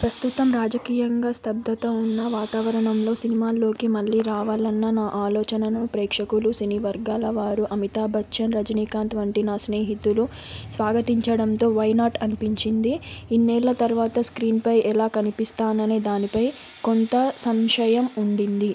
ప్రస్తుతం రాజకీయంగా స్తబ్దత ఉన్న వాతావరణంలో సినిమాల్లోకి మళ్లీ రావాలన్న నా ఆలోచనను ప్రేక్షకులు, సినీ వర్గాల వారు, అమితాబ్ బచ్చన్, రజనీకాంత్ వంటి నా స్నేహితులు స్వాగతించడంతో 'వై నాట్' అనిపించింది. ఇన్నేళ్ల తర్వాత స్క్రీన్ పై ఎలా కనిపిస్తాననే దానిపై కొంత సంశయం ఉండింది.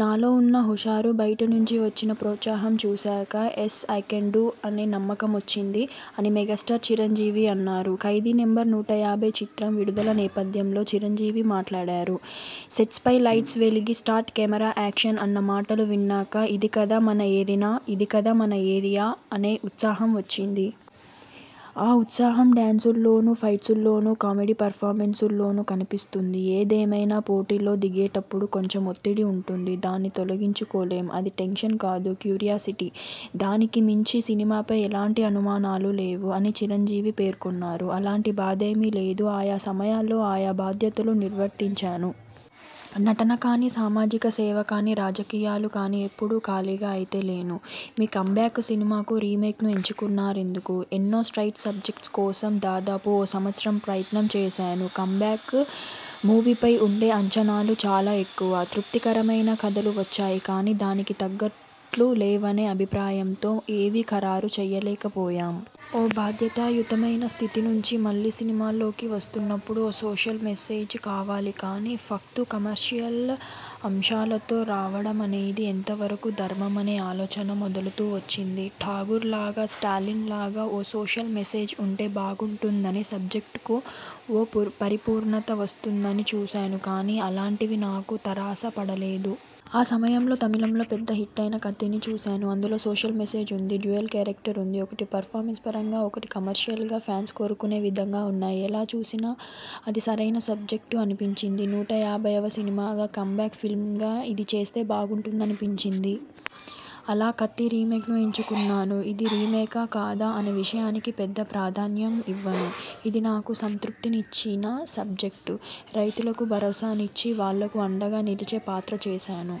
నాలో ఉన్న హుషారు, బయటి నుంచి వచ్చిన ప్రోత్సాహం చూశాక 'యస్ ఐ కెన్ డు' అనే నమ్మకమొచ్చింది. అని మెగాస్టార్ చిరంజీవి అన్నారు. ఖైదీ నంబరు నూట యాభై' చిత్రం విడుదల నేపథ్యంలో చిరంజీవి మాట్లాడారు. సెట్స్పై లైట్లు వెలిగి స్టార్ట్ కెమెరా యాక్షన్ అన్న మాటలు విన్నాక ఇది కదా మన ఎరీనా, ఇది కదా మన ఏరియా అనే ఉత్సాహం వచ్చింది. ఆ ఉత్సాహం డాన్సుల్లోనూ, ఫైట్స్లోనూ, కామెడీ పర్ఫార్మెన్సు లోనూ కనిపిస్తుంది. ఏదేమైనా పోటీలో దిగేటప్పుడు కొంచెం ఒత్తిడి ఉంటుంది. దాన్ని తొలగించుకోలేం. అది టెన్షన్ కాదు, క్యూరియాసిటీ. దానికి మించి సినిమాపై ఎలాంటి అనుమానాలు లేవు. అని చిరంజీవి పేర్కొన్నారు. అలాంటి బాధేమీ లేదు. ఆయా సమయాల్లో ఆ యా బాధ్యతలు నిర్వర్తించాను. నటన కానీ, సామాజిక సేవ కానీ, రాజకీయాలు కానీ ఎప్పుడూ ఖాళీగా అయితే లేను. మీ కమ్బ్యాక్ సినిమాకు రీమేక్ను ఎంచుకున్నారెందుకు? ఎన్నో స్ట్రయిట్ సబ్జెక్ట్స్ కోసం దాదాపు ఓ సంవత్సరం ప్రయత్నం చేశాను. కమ్ బ్యాక్ మూవీపై ఉండే అంచనాలు చాలా ఎక్కువ. తృప్తికరమైన కథలు వచ్చాయి కానీ దానికి తగ్గట్లు లేవనే అభిప్రాయంతో ఏవీ ఖరారు చేయలేకపోయాం. ఓ బాధ్యతాయుతమైన స్థితి నుంచి మళ్లీ సినిమాల్లోకి వస్తున్నప్పుడు ఓ సోషల్ మెసేజ్ కావాలి కానీ ఫక్తు కమర్షియల్ అంశాలతో రావడమనేది ఎంతవరకు ధర్మమనే ఆలోచన మెదలుతూ వచ్చింది. 'ఠాగూర్'లాగా, 'స్టాలిన్'లాగా ఓ సోషల్ మెసేజ్ ఉంటే బాగుంటుందనీ, సబ్జెక్టు కు ఓ పరిపూర్ణత వస్తుందనీ చూశాను కానీ, అలాంటివి నాకు తారస పడలేదు. ఆ సమయంలో తమిళంలో పెద్ద హిట్టయిన 'కత్తి'ని చూశాను. అందులో సోషల్ మెసేజ్ ఉంది. డ్యూయెల్ కేరక్టర్ ఉంది. ఒకటి పర్ఫార్మెన్స్ పరంగా, ఒకటి కమర్షియల్గా ఫ్యాన్స్ కోరుకునే విధంగా ఉన్నాయి. ఎలా చూసినా అది సరైన సబ్జెక్టు అనిపించింది. నూట యాభైవ సినిమాగా, కమ్ బ్యాక్ ఫిల్మ్గా ఇది చేస్తే బాగుంటుందనిపించింది. అలా 'కత్తి' రీమేక్ను ఎంచుకొన్నాను. ఇది రీమేకా, కాదా అనే విషయానికి పెద్ద ప్రాధాన్యం ఇవ్వను. ఇది నాకు సంతృప్తినిచ్చిన సబ్జెక్టు. రైతులకు భరోసానిచ్చి, వాళ్లకు అండగా నిలిచే పాత్ర చేశాను.